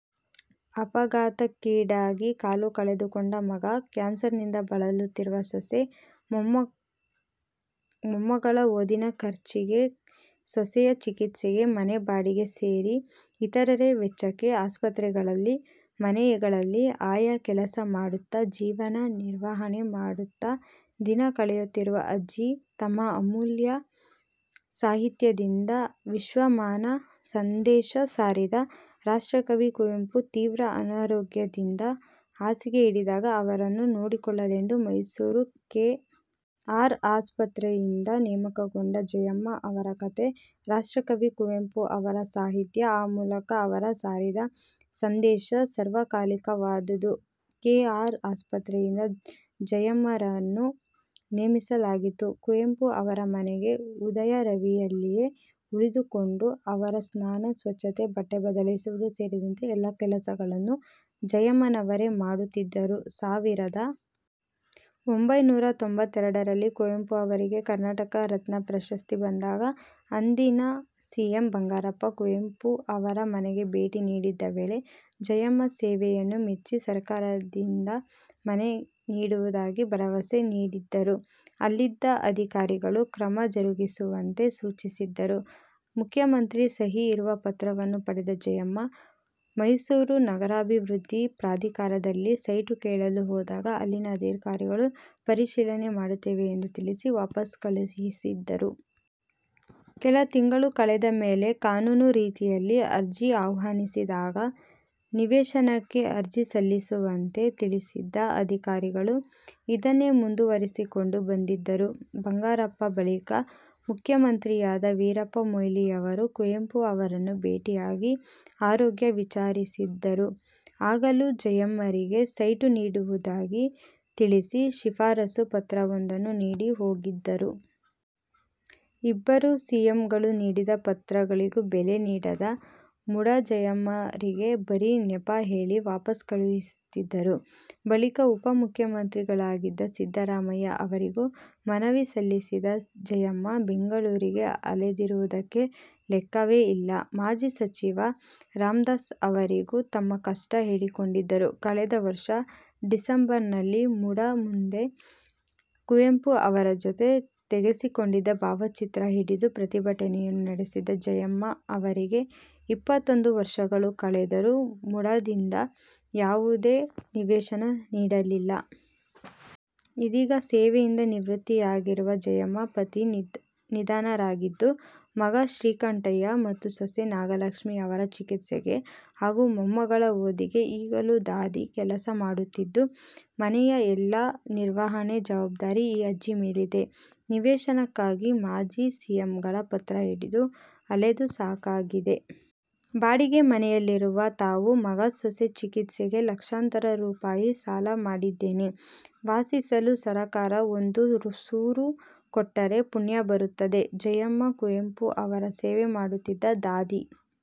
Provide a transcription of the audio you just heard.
ಅಪಘಾತಕ್ಕೀಡಾಗಿ ಕಾಲು ಕಳೆದುಕೊಂಡ ಮಗ, ಕ್ಯಾನ್ಸರ್ನಿಂದ ಬಳಲುತ್ತಿರುವ ಸೊಸೆ, ಮೊಮ್ಮಗಳ ಓದಿನ ಖರ್ಚಿಗೆ, ಸೊಸೆಯ ಚಿಕಿತ್ಸೆಗೆ ಮನೆ ಬಾಡಿಗೆ ಸೇರಿ ಇತರೆ ವೆಚ್ಚಕ್ಕೆ ಆಸ್ಪತ್ರೆಗಳಲ್ಲಿ, ಮನೆಗಳಲ್ಲಿ ಆಯಾ ಕೆಲಸ ಮಾಡುತ್ತಾ ಜೀವನ ನಿರ್ವಹಣೆ ಮಾಡುತ್ತಾ ದಿನ ಕಳೆಯುತ್ತಿರುವ ಅಜ್ಜಿ ತಮ್ಮ ಅಮೂಲ್ಯ ಸಾಹಿತ್ಯದಿಂದ ವಿಶ್ವಮಾನವ ಸಂದೇಶ ಸಾರಿದ ರಾಷ್ಟ್ರಕವಿ ಕುವೆಂಪು ತೀವ್ರ ಅನಾರೋಗ್ಯದಿಂದ ಹಾಸಿಗೆ ಹಿಡಿದಾಗ ಅವರನ್ನು ನೋಡಿಕೊಳ್ಳಲೆಂದು ಮೈಸೂರು ಕೆ. ಆರ್. ಆಸ್ಪತ್ರೆಯಿಂದ ನೇಮಕಗೊಂಡ ಜಯಮ್ಮ ಅವರ ಕಥೆ. ರಾಷ್ಟ್ರಕವಿ ಕುವೆಂಪು ಅವರ ಸಾಹಿತ್ಯ, ಆ ಮೂಲಕ ಅವರು ಸಾರಿದ ಸಂದೇಶ ಸಾರ್ವಕಾಲಿಕವಾದುದು. ಕೆ.ಆರ್. ಆಸ್ಪತ್ರೆಯಿಂದ ಜಯಮ್ಮರನ್ನು ನೇಮಿಸಲಾಗಿತ್ತು. ಕುವೆಂಪು ಅವರ ಮನೆ ಉದಯರವಿಯಲ್ಲಿಯೇ ಉಳಿದುಕೊಂಡು ಅವರ ಸ್ನಾನ, ಸ್ವಚ್ಛತೆ, ಬಟ್ಟೆ ಬದಲಿಸುವುದು ಸೇರಿದಂತೆ ಎಲ್ಲಾ ಕೆಲಸಗಳನ್ನು ಜಯಮ್ಮನವರೇ ಮಾಡುತ್ತಿದ್ದರು. ಸಾವಿರದ ಒಂಬೈನೂರ ತೊಂಬತ್ತೆರಡರಲ್ಲಿ ಕುವೆಂಪು ಅವರಿಗೆ ಕರ್ನಾಟಕ ರತ್ನ ಪ್ರಶಸ್ತಿ ಬಂದಾಗ ಅಂದಿನ ಸಿಎಂ ಬಂಗಾರಪ್ಪ ಕುವೆಂಪು ಅವರ ಮನೆಗೆ ಭೇಟಿ ನೀಡಿದ್ದ ವೇಳೆ ಜಯಮ್ಮ ಸೇವೆಯನ್ನು ಮೆಚ್ಚಿ ಸರ್ಕಾರದಿಂದ ಮನೆ ನೀಡುವುದಾಗಿ ಭರವಸೆ ನೀಡಿದ್ದರು. ಅಲ್ಲಿದ್ದ ಅಧಿಕಾರಿಗಳಿಗೂ ಕ್ರಮ ಜರುಗಿಸುವಂತೆ ಸೂಚಿಸಿದ್ದರು. ಮುಖ್ಯಮಂತ್ರಿ ಸಹಿ ಇರುವ ಪತ್ರವನ್ನು ಪಡೆದ ಜಯಮ್ಮ ಮೈಸೂರು ನಗರಾಭಿವೃದ್ಧಿ ಪ್ರಾಧಿಕಾರದಲ್ಲಿ ಸೈಟು ಕೇಳಲು ಹೋದಾಗ ಅಲ್ಲಿನ ಅಧಿಕಾರಿಗಳು ಪರಿಶೀಲನೆ ಮಾಡುತ್ತೇವೆ ಎಂದು ತಿಳಿಸಿ ವಾಪಸ್ ಕಳುಹಿಸಿದ್ದರು. ಕೆಲ ತಿಂಗಳು ಕಳೆದ ಮೇಲೆ ಕಾನೂನು ರೀತಿಯಲ್ಲಿ ಅರ್ಜಿ ಆಹ್ವಾನಿಸಿದಾಗ ನಿವೇಶನಕ್ಕೆ ಅರ್ಜಿ ಸಲ್ಲಿಸುವಂತೆ ತಿಳಿಸಿದ್ದ ಅಧಿಕಾರಿಗಳು ಇದನ್ನೇ ಮುಂದುವರಿಸಿಕೊಂಡು ಬಂದಿದ್ದರು. ಬಂಗಾರಪ್ಪ ಬಳಿಕ ಮುಖ್ಯಮಂತ್ರಿಯಾದ ವೀರಪ್ಪ ಮೊಯ್ಲಿಯವರು ಕುವೆಂಪು ಅವರನ್ನು ಭೇಟಿಯಾಗಿ ಆರೋಗ್ಯ ವಿಚಾರಿಸಿದ್ದರು. ಆಗಲೂ ಜಯಮ್ಮರಿಗೆ ಸೈಟು ನೀಡುವುದಾಗಿ ತಿಳಿಸಿ ಶಿಫಾರಸು ಪತ್ರವೊಂದನ್ನು ನೀಡಿ ಹೋಗಿದ್ದರು. ಇಬ್ಬರು ಸಿಎಂಗಳು ನೀಡಿದ ಪತ್ರಗಳಿಗೂ ಬೆಲೆ ನೀಡದ ಮುಡಾ ಜಯಮ್ಮರಿಗೆ ಬರೀ ನೆಪ ಹೇಳಿ ವಾಪಸ್ ಕಳುಹಿಸುತ್ತಿದ್ದರು. ಬಳಿಕ ಉಪ ಮುಖ್ಯಮಂತ್ರಿಯಾಗಿದ್ದ ಸಿದ್ಧರಾಮಯ್ಯ ಅವರಿಗೂ ಮನವಿ ಸಲ್ಲಿಸಿದ ಜಯಮ್ಮ ಬೆಂಗಳೂರಿಗೆ ಅಲೆದಿರುವುದಕ್ಕೆ ಲೆಕ್ಕವೇ ಇಲ್ಲ. ಮಾಜಿ ಸಚಿವ ರಾಮ್ದಾಸ್ ಅವರಿಗೂ ತಮ್ಮ ಕಷ್ಟ ಹೇಳಿಕೊಂಡಿದ್ದರು. ಕಳೆದ ವರ್ಷ ಡಿಸೆಂಬರ್ನಲ್ಲಿ ಮುಡಾ ಮುಂದೆ ಕುವೆಂಪು ಅವರ ಜತೆ ತೆಗೆಸಿಕೊಂಡಿದ್ದ ಭಾವಚಿತ್ರ ಹಿಡಿದು ಪ್ರತಿಭಟನೆಯನ್ನು ನಡೆಸಿದ್ದ ಜಯಮ್ಮ ಅವರಿಗೆ ಇಪ್ಪತ್ತೊಂದು ವರ್ಷಗಳು ಕಳೆದರೂ ಮುಡಾದಿಂದ ಯಾವುದೇ ನಿವೇಶನ ನೀಡಿಲ್ಲ. ಇದೀಗ ಸೇವೆಯಿಂದ ನಿವೃತ್ತಿಯಾಗಿರುವ ಜಯಮ್ಮ ಪತಿ ನಿಧನರಾಗಿದ್ದು, ಮಗ ಶ್ರೀಕಂಠಯ್ಯ ಮತ್ತು ಸೊಸೆ ನಾಗಲಕ್ಷ್ಮಿ ಅವರ ಚಿಕಿತ್ಸೆಗೆ ಹಾಗೂ ಮೊಮ್ಮಗಳ ಓದಿಗೆ ಈಗಲೂ ದಾದಿ ಕೆಲಸ ಮಾಡುತ್ತಿದ್ದು, ಮನೆಯ ಎಲ್ಲಾ ನಿರ್ವಹಣೆ ಜವಾಬ್ದಾರಿ ಈ ಅಜ್ಜಿ ಮೇಲಿದೆ. ನಿವೇಶನಕ್ಕಾಗಿ ಮಾಜಿ ಸಿಎಂಗಳ ಪತ್ರ ಹಿಡಿದು ಅಲೆದು ಸಾಕಾಗಿದೆ. ಬಾಡಿಗೆ ಮನೆಯಲ್ಲಿರುವ ತಾವು ಮಗ ಸೊಸೆ ಚಿಕಿತ್ಸೆಗೆ ಲಕ್ಷಾಂತರ ರೂಪಾಯಿ ಸಾಲ ಮಾಡಿದ್ದೇನೆ. ವಾಸಿಸಲು ಸರಕಾರ ಒಂದು ಸೂರು ಕೊಟ್ಟರೆ ಪುಣ್ಯ ಬರುತ್ತದೆ. ಜಯಮ್ಮ, ಕುವೆಂಪು ಅವರ ಸೇವೆ ಮಾಡುತ್ತಿದ್ದ ದಾದಿ.